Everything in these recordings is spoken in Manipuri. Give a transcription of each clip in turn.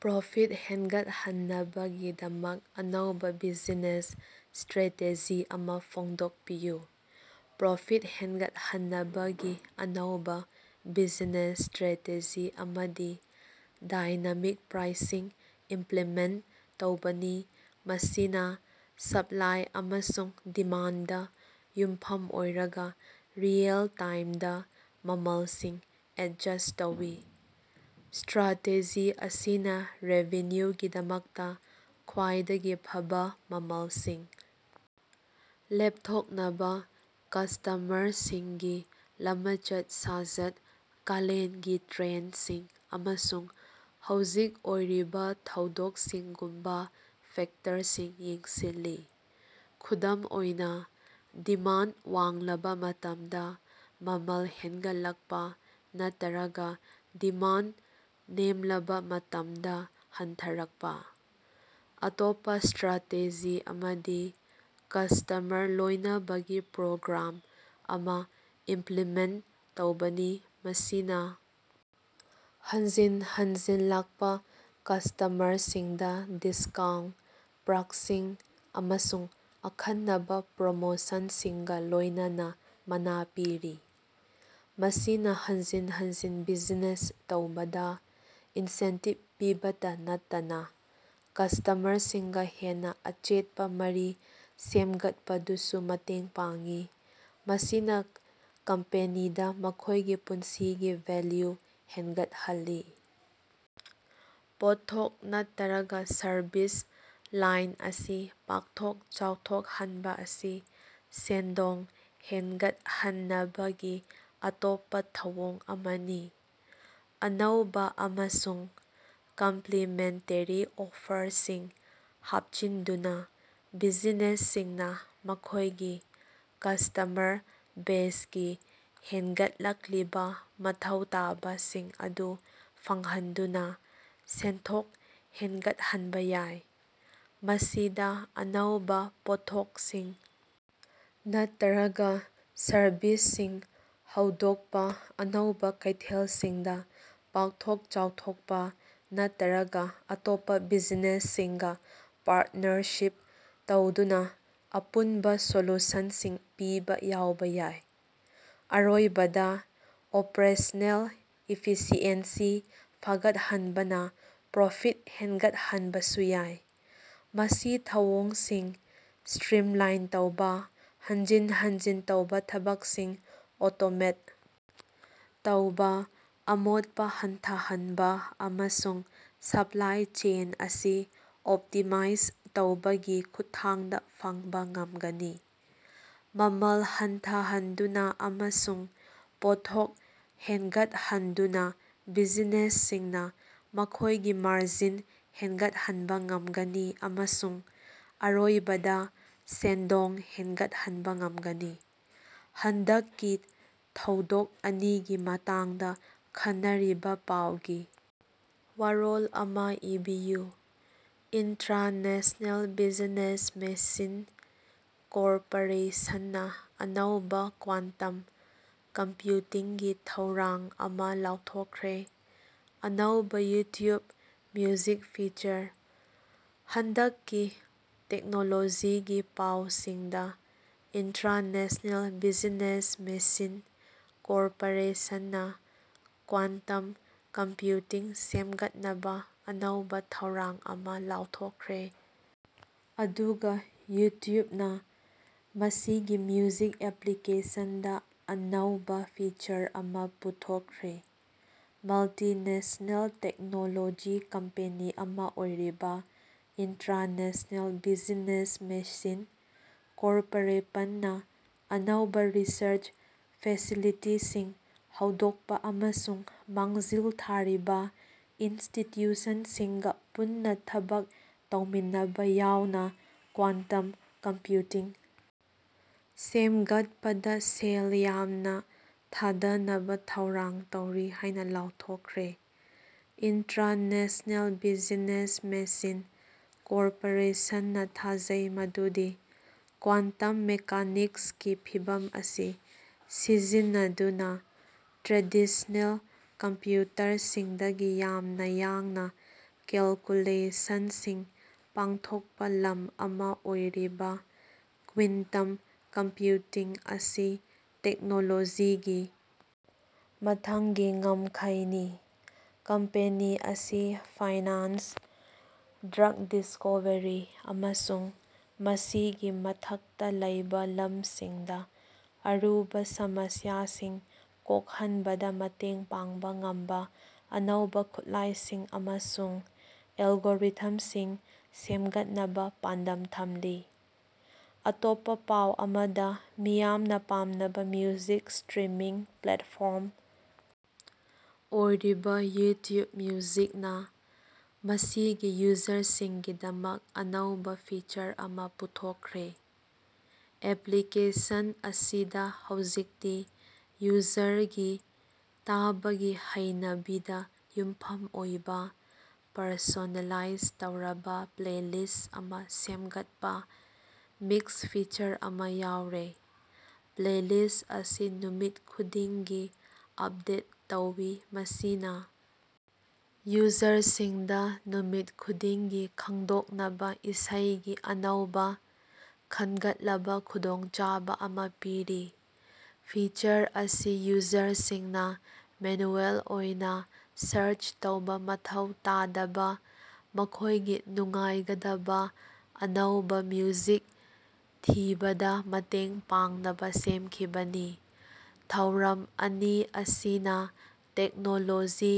ꯄ꯭ꯔꯣꯐꯤꯠ ꯍꯦꯟꯒꯠꯍꯟꯅꯕꯒꯤꯗꯃꯛ ꯑꯅꯧꯕ ꯕꯤꯖꯤꯅꯦꯁ ꯁ꯭ꯇꯔꯦꯇꯦꯖꯤ ꯑꯃ ꯐꯣꯡꯗꯣꯛꯄꯤꯌꯨ꯫ ꯄ꯭ꯔꯣꯐꯤꯠ ꯍꯦꯟꯒꯠꯍꯟꯅꯕꯒꯤ ꯑꯅꯧꯕ ꯕꯤꯖꯤꯅꯦꯁ ꯁ꯭ꯇꯔꯦꯇꯦꯖꯤ ꯑꯃꯗꯤ ꯗꯥꯏꯅꯥꯃꯤꯛ ꯄ꯭ꯔꯥꯏꯁꯤꯡ ꯏꯝꯄ꯭ꯂꯤꯃꯦꯟꯇ ꯇꯧꯕꯅꯤ, ꯃꯁꯤꯅ ꯁꯞꯂꯥꯏ ꯑꯃꯁꯨꯡ ꯗꯤꯃꯥꯟꯗꯗꯥ ꯌꯨꯝꯐꯝ ꯑꯣꯏꯔꯒ ꯔꯤꯑꯦꯜ-ꯇꯥꯏꯝꯗꯥ ꯃꯃꯜꯁꯤꯡ ꯑꯦꯗꯖꯁ꯭ꯠ ꯇꯧꯏ꯫ ꯁ꯭ꯇꯔꯥꯇꯦꯖꯤ ꯑꯁꯤꯅ ꯔꯦꯚꯤꯅ꯭ꯌꯨꯒꯤꯗꯃꯛꯇ ꯈ꯭ꯋꯥꯏꯗꯒꯤ ꯐꯕꯥ ꯃꯃꯜꯁꯤꯡ ꯂꯦꯞꯊꯣꯛꯅꯕꯥ ꯀꯁ꯭ꯇꯃꯔꯁꯤꯡꯒꯤ ꯂꯃꯆꯠ-ꯁꯥꯖꯠ, ꯀꯥꯂꯦꯟꯒꯤ ꯇ꯭ꯔꯦꯟꯗꯁꯤꯡ, ꯑꯃꯁꯨꯡ ꯍꯧꯖꯤꯛ ꯑꯣꯏꯔꯤꯕ ꯊꯧꯗꯣꯛꯁꯤꯡꯒꯨꯝꯕ ꯐꯦꯛꯇꯔꯁꯤꯡ ꯌꯦꯡꯁꯤꯜꯂꯤ꯫ ꯈꯨꯗꯝ ꯑꯣꯏꯅ, ꯗꯤꯃꯥꯟꯗ ꯋꯥꯡꯂꯕ ꯃꯇꯝꯗ ꯃꯃꯜ ꯍꯦꯟꯒꯠꯂꯛꯄ ꯅꯠꯇꯔꯒ ꯗꯤꯃꯥꯟꯗ ꯅꯦꯝꯂꯕꯥ ꯃꯇꯝꯗ ꯍꯟꯊꯔꯛꯄ꯫ ꯑꯇꯣꯞꯄꯥ ꯁ꯭ꯇꯔꯥꯇꯦꯖꯤ ꯑꯃꯗꯤ ꯀꯁ꯭ꯇꯃꯔ ꯂꯣꯏꯅꯕꯒꯤ ꯄ꯭ꯔꯣꯒ꯭ꯔꯥꯝ ꯑꯃ ꯏꯝꯄ꯭ꯂꯤꯃꯦꯟꯇ ꯇꯧꯕꯅꯤ, ꯃꯁꯤꯅ ꯍꯟꯖꯤꯟ ꯍꯟꯖꯤꯟ ꯂꯥꯛꯄ ꯀꯁ꯭ꯇꯃꯔꯁꯤꯡꯗ‌ ꯗꯤꯁꯀꯥꯎꯟꯇ, ꯄꯥ꯭ꯔꯛꯁꯤꯡ ꯑꯃꯁꯨꯡ ꯑꯈꯟꯅꯕꯥ ꯄ꯭ꯔꯣꯃꯣꯁꯟꯁꯤꯡꯒ ꯂꯣꯏꯅꯅꯥ ꯃꯅꯥ ꯄꯤꯔꯤ꯫ ꯃꯁꯤꯅ‌ ꯍꯟꯖꯤꯟ ꯍꯟꯖꯤꯟ ꯕꯤꯖꯤꯅꯦꯁ ꯇꯧꯕꯗ ꯏꯟꯁꯦꯟꯇꯤꯕ ꯄꯤꯕꯇꯥ ꯅꯠꯇꯅꯥ ꯀꯁ꯭ꯇꯃꯔꯁꯤꯡꯒ ꯍꯦꯟꯅ ꯑꯆꯦꯠꯄ ꯃꯔꯤ ꯁꯦꯝꯒꯠꯄꯗꯁꯨ ꯃꯇꯦꯡ ꯄꯥꯡꯏ, ꯃꯁꯤꯅ ꯀꯝꯄꯦꯅꯤꯗ ꯃꯈꯣꯏꯒꯤ ꯄꯨꯟꯁꯤꯒꯤ ꯚꯦꯂ꯭ꯌꯨ ꯍꯦꯟꯒꯠꯍꯜꯂꯤ꯫ ꯄꯣꯠꯊꯣꯛ ꯅꯠꯇꯔꯒ ꯁꯔꯕꯤꯁ ꯂꯥꯏꯟ ꯑꯁꯤ ꯄꯥꯛꯊꯣꯛ ꯆꯥꯎꯊꯣꯛꯍꯟꯕ‌ ꯑꯁꯤ ꯁꯦꯟꯗꯣꯡ ꯍꯦꯟꯒꯠꯍꯟꯅꯕꯒꯤ ꯑꯇꯣꯞꯄ ꯊꯧꯑꯣꯡ ꯑꯃꯅꯤ꯫ ꯑꯅꯧꯕ ꯑꯃꯁꯨꯡ ꯀꯝꯄ꯭ꯂꯤꯃꯦꯟꯇꯦꯔꯤ ꯑꯣꯐꯔꯁꯤꯡ ꯍꯥꯞꯆꯤꯟꯗꯨꯅ ꯕꯤꯖꯤꯅꯦꯁꯁꯤꯡꯅ ꯃꯈꯣꯏꯒꯤ ꯀꯁ꯭ꯇꯃꯔ ꯕꯦꯖꯒꯤ ꯍꯦꯟꯒꯠꯂꯛꯂꯤꯕ ꯃꯊꯧ ꯇꯥꯕꯁꯤꯡ ꯑꯗꯨ ꯐꯪꯍꯟꯗꯨꯅ ꯁꯦꯟꯊꯣꯛ ꯍꯦꯟꯒꯠꯍꯟꯕ ꯌꯥꯏ꯫ ꯃꯁꯤꯗ ꯑꯅꯧꯕ ꯄꯣꯠꯊꯣꯛꯁꯤꯡ ꯅꯠꯇꯔꯒ ꯁꯔꯕꯤꯁꯁꯤꯡ ꯍꯧꯗꯣꯛꯄ, ꯑꯅꯧꯕ ꯀꯩꯊꯦꯜꯁꯤꯡꯗ ꯄꯥꯛꯊꯣꯛ ꯆꯥꯎꯊꯣꯛꯄ, ꯅꯠꯇꯔꯒ ꯑꯇꯣꯞꯄ ꯕꯤꯖꯤꯅꯦꯁꯁꯤꯡꯒ ꯄꯥꯔꯇꯅꯔꯁꯤꯞ ꯇꯧꯗꯨꯅ ꯑꯄꯨꯟꯕ ꯁꯣꯂꯨꯁꯟꯁꯤꯡ ꯄꯤꯕ ꯌꯥꯎꯕ ꯌꯥꯏ꯫ ꯑꯔꯣꯏꯕꯗꯥ, ꯑꯣꯄ꯭ꯔꯦꯁꯅꯦꯜ ꯏꯐꯤꯁꯤꯑꯦꯟꯁꯤ ꯐꯒꯠꯍꯟꯕꯅꯥ ꯄ꯭ꯔꯣꯐꯤꯠ ꯍꯦꯟꯒꯠꯍꯟꯕꯁꯨ ꯌꯥꯏ꯫ ꯃꯁꯤ ꯊꯧꯑꯣꯡꯁꯤꯡ ꯁ꯭ꯇꯔꯤꯝꯂꯥꯏꯟ ꯇꯧꯕ, ꯍꯟꯖꯤꯟ ꯍꯟꯖꯤꯟ ꯇꯧꯕ ꯊꯕꯛꯁꯤꯡ ꯑꯣꯇꯣꯃꯦꯠ ꯇꯧꯕ, ꯑꯃꯣꯠꯄ ꯍꯟꯊꯍꯟꯕ, ꯑꯃꯁꯨꯡ ꯁꯄ꯭ꯂꯥꯏ ꯆꯦꯟ ꯑꯁꯤ ꯑꯣꯞꯇꯤꯃꯥꯏꯖ ꯇꯧꯕꯒꯤ ꯈꯨꯠꯊꯥꯡꯗ ꯐꯪꯕ ꯉꯝꯒꯅꯤ꯫ ꯃꯃꯜ ꯍꯟꯊꯍꯟꯗꯨꯅ ꯑꯃꯁꯨꯡ ꯄꯣꯠꯊꯣꯛ ꯍꯦꯟꯒꯠꯍꯟꯗꯨꯅ ꯕꯤꯖꯤꯅꯦꯁꯁꯤꯡꯅ ꯃꯈꯣꯏꯒꯤ ꯃꯥꯔꯖꯤꯟ ꯍꯦꯟꯒꯠꯍꯟꯕ ꯉꯝꯒꯅꯤ ꯑꯃꯁꯨꯡ ꯑꯔꯣꯏꯕꯗ ꯁꯦꯟꯗꯣꯡ ꯍꯦꯟꯒꯠꯍꯟꯕ ꯉꯒꯅꯤ꯫ ꯍꯟꯗꯛꯀꯤ ꯊꯧꯗꯣꯛ ꯑꯅꯤꯒꯤ ꯃꯇꯥꯡꯗ ꯈꯟꯅꯔꯤꯕ‌ ꯄꯥꯎꯒꯤ ꯋꯥꯔꯣꯜ ꯑꯃ ꯏꯕꯤꯌꯨ꯫ ꯏꯟꯇꯔꯅꯦꯁꯅꯦꯜ ꯕꯤꯖꯤꯅꯦꯁ ꯃꯦꯁꯤꯟ ꯀꯣꯔꯄꯥꯔꯦꯁꯟ ꯅꯥ ꯑꯅꯧꯕ‌ ꯀ꯭ꯋꯥꯟꯇꯝ ꯀꯝꯄ꯭ꯌꯨꯇꯤꯡꯒꯤ ꯊꯧꯔꯥꯡ ꯑꯃ ꯂꯥꯎꯊꯣꯛꯈ꯭ꯔꯦ ꯑꯅꯧꯕ ꯌꯨꯇ꯭ꯌꯨꯕ ꯃꯤꯎꯖꯤꯛ ꯐꯤꯆꯔ꯫ ꯍꯟꯗꯛꯀꯤ ꯇꯦꯛꯅꯣꯂꯣꯖꯤꯒꯤ ꯄꯥꯎꯁꯤꯡꯗ ꯏꯟꯇꯔꯅꯦꯁꯅꯦꯜ ꯕꯤꯖꯤꯅꯦꯁ ꯃꯦꯁꯤꯟ ꯀꯣꯔꯄꯥꯔꯦꯁꯟ ꯅꯥ ꯀ꯭ꯋꯥꯟꯇꯝ ꯀꯝꯄ꯭ꯌꯨꯇꯤꯡ ꯁꯦꯝꯒꯠꯅꯕꯥ ꯑꯅꯧꯕ ꯊꯧꯔꯥꯡ ꯑꯃ ꯂꯥꯎꯊꯣꯛꯈ꯭ꯔꯦ, ꯑꯗꯨꯒ ꯌꯨꯇ꯭ꯌꯨꯕ ꯅꯥ ꯃꯁꯤꯒꯤ ꯃ꯭ꯌꯨꯖꯤꯛ ꯑꯦꯄ꯭ꯂꯤꯀꯦꯁꯟꯗ ꯑꯅꯧꯕ ꯐꯤꯆꯔ ꯑꯃ ꯄꯨꯊꯣꯛꯈ꯭ꯔꯦ꯫ ꯃꯜꯇꯤꯅꯦꯁ꯭ꯅꯦꯜ ꯇꯦꯛꯅꯣꯂꯣꯖꯤ ꯀꯝꯄꯦꯅꯤ ꯑꯃ ꯑꯣꯏꯔꯤꯕ ꯏꯟꯇꯔꯅꯦꯁꯅꯦꯜ ꯕꯤꯖꯤꯅꯦꯁ ꯃꯦꯁꯤꯟ ꯀꯣꯔꯄꯥꯔꯦꯄꯟꯅꯥ ꯑꯅꯧꯕ ꯔꯤꯁꯔꯆ ꯐꯦꯁꯤꯂꯤꯇꯤꯁꯤꯡ ꯍꯧꯗꯣꯛꯄ ꯑꯃꯁꯨꯡ ꯃꯥꯡꯖꯤꯜ ꯊꯥꯔꯤꯕ ꯏꯟꯁꯇꯤꯇ꯭ꯌꯨꯁꯟꯁꯤꯡꯒ ꯄꯨꯟꯅ ꯊꯕꯛ ꯇꯧꯃꯤꯟꯅꯕꯥ ꯌꯥꯎꯅ ꯀ꯭ꯋꯥꯟꯇꯝ ꯀꯝꯄ꯭ꯌꯨꯇꯤꯡ ꯁꯦꯝꯒꯠꯄꯗꯥ ꯁꯦꯜ ꯌꯥꯝꯅ ꯊꯥꯗꯅꯕꯥ ꯊꯧꯔꯥꯡ ꯇꯧꯔꯤ ꯍꯥꯏꯅ ꯂꯥꯎꯊꯣꯛꯈ꯭ꯔꯦ꯫ ꯏꯟꯇꯔꯅꯦꯁꯅꯦꯜ ꯕꯤꯖꯤꯅꯦꯁ ꯃꯦꯁꯤꯟ ꯀꯣꯔꯄꯥꯔꯦꯁꯟ ꯅꯥ ꯊꯥꯖꯩ ꯃꯗꯨꯗꯤ ꯀ꯭ꯋꯥꯟꯇꯝ ꯃꯦꯀꯥꯅꯤꯛꯁꯀꯤ ꯐꯤꯚꯝ ꯑꯁꯤ ꯁꯤꯖꯤꯟꯅꯗꯨꯅ ꯇ꯭ꯔꯦꯗꯤꯁ꯭ꯅꯦꯜ ꯀꯝꯄ꯭ꯌꯨꯇꯔꯁꯤꯡꯗꯒꯤ ꯌꯥꯝꯅ ꯌꯥꯡꯅ ꯀꯦꯜꯀꯨꯂꯦꯁꯟꯁꯤꯡ ꯄꯥꯡꯊꯣꯛꯄ ꯂꯝ ꯑꯃ ꯑꯣꯏꯔꯤꯕ ꯀ꯭ꯋꯤꯟꯇꯝ ꯀꯝꯄ꯭ꯌꯨꯇꯤꯡ ꯑꯁꯤ ꯇꯦꯛꯅꯣꯂꯣꯖꯤꯒꯤ ꯃꯊꯪꯒꯤ ꯉꯝꯈꯩꯅꯤ꯫ ꯀꯝꯄꯦꯅꯤ ꯑꯁꯤ ꯐꯥꯏꯅꯥꯟꯁ, ꯗ꯭ꯔꯒ ꯗꯤꯁꯀꯣꯚꯔꯤ, ꯑꯃꯁꯨꯡ ꯃꯁꯤꯒꯤ ꯃꯊꯛꯇ ꯂꯩꯕ ꯂꯝꯁꯤꯡꯗ ꯑꯔꯨꯕ ꯁꯃꯁ꯭ꯌꯥꯁꯤꯡ ꯀꯣꯛꯍꯟꯕꯗꯥ ꯃꯇꯦꯡ ꯄꯥꯡꯕ ꯉꯝꯕ ꯑꯅꯧꯕ ꯈꯨꯠꯂꯥꯏꯁꯤꯡ ꯑꯃꯁꯨꯡ ꯑꯦꯜꯒꯣꯔꯤꯊꯝꯁꯤꯡ ꯁꯦꯝꯒꯠꯅꯕ ꯄꯥꯟꯗꯝ ꯊꯝꯂꯤ꯫ ꯑꯇꯣꯞꯄ ꯄꯥꯎ ꯑꯃꯗ, ꯃꯤꯌꯥꯝꯅ ꯄꯥꯝꯅꯕ ꯃ꯭ꯌꯨꯖꯤꯛ ꯁ꯭ꯇꯔꯤꯃꯤꯡ ꯄ꯭ꯂꯦꯠꯐꯣꯔꯝ ꯑꯣꯏꯔꯤꯕ ꯌꯨꯇ꯭ꯌꯨꯕ ꯃꯤꯎꯖꯤꯛꯅ ꯃꯁꯤꯒꯤ ꯌꯨꯖꯔꯁꯤꯡꯒꯤꯗꯃꯛ ꯑꯅꯧꯕ ꯐꯤꯆꯔ ꯑꯃ ꯄꯨꯊꯣꯛꯈ꯭ꯔꯦ꯫ ꯑꯦꯄ꯭ꯂꯤꯀꯦꯁꯟ ꯑꯁꯤꯗ ꯍꯧꯖꯤꯛꯇꯤ ꯌꯨꯖꯔꯒꯤ ꯇꯥꯕꯒꯤ ꯍꯩꯅꯕꯤꯗ ꯌꯨꯝꯐꯝ ꯑꯣꯏꯕ ꯄꯔꯁꯣꯅꯦꯂꯥꯏꯖ ꯇꯧꯔꯕ ꯄ꯭ꯂꯦꯂꯤꯁ꯭ꯠ ꯑꯃ ꯁꯦꯝꯒꯠꯄ ꯃꯤꯛꯁ ꯐꯤꯆꯔ ꯑꯃ ꯌꯥꯎꯔꯦ꯫ ꯄ꯭ꯂꯦꯂꯤꯁ꯭ꯠ ꯑꯁꯤ ꯅꯨꯃꯤꯠ ꯈꯨꯗꯤꯡꯒꯤ ꯑꯞꯗꯦꯠ ꯇꯧꯏ, ꯃꯁꯤꯅ ꯌꯨꯖꯔꯁꯤꯡꯗ ꯅꯨꯃꯤꯠ ꯈꯨꯗꯤꯡꯒꯤ ꯈꯪꯗꯣꯛꯅꯕ ꯏꯁꯩꯒꯤ ꯑꯅꯧꯕ ꯈꯟꯒꯠꯂꯕ‌ ꯈꯨꯗꯣꯡꯆꯥꯕ ꯑꯃ ꯄꯤꯔꯤ꯫ ꯐꯤꯆꯔ ꯑꯁꯤ ꯌꯨꯖꯔꯁꯤꯡꯅ ꯃꯦꯅꯨꯑꯦꯜ ꯑꯣꯏꯅ ꯁꯥꯔꯆ ꯇꯧꯕ ꯃꯊꯧ ꯇꯥꯗꯅ ꯃꯈꯣꯏꯅ ꯅꯨꯡꯉꯥꯏꯒꯗꯕ ꯑꯅꯧꯕ ꯃ꯭ꯌꯨꯖꯤꯛ ꯊꯤꯕꯗꯥ ꯃꯇꯦꯡ ꯄꯥꯡꯅꯕꯥ ꯁꯦꯝꯈꯤꯕꯅꯤ꯫ ꯊꯧꯔꯝ ꯑꯅꯤ ꯑꯁꯤꯅ ꯇꯦꯛꯅꯣꯂꯣꯖꯤ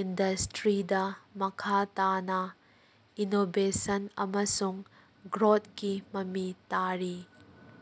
ꯏꯟꯗ꯭ꯁꯇꯔꯤꯗ ꯃꯈꯥ ꯇꯥꯅ ꯏꯅꯣꯕꯦꯁꯟ ꯑꯃꯁꯨꯡ ꯒ꯭ꯔꯣꯊꯀꯤ ꯃꯃꯤ ꯇꯥꯔꯤ꯫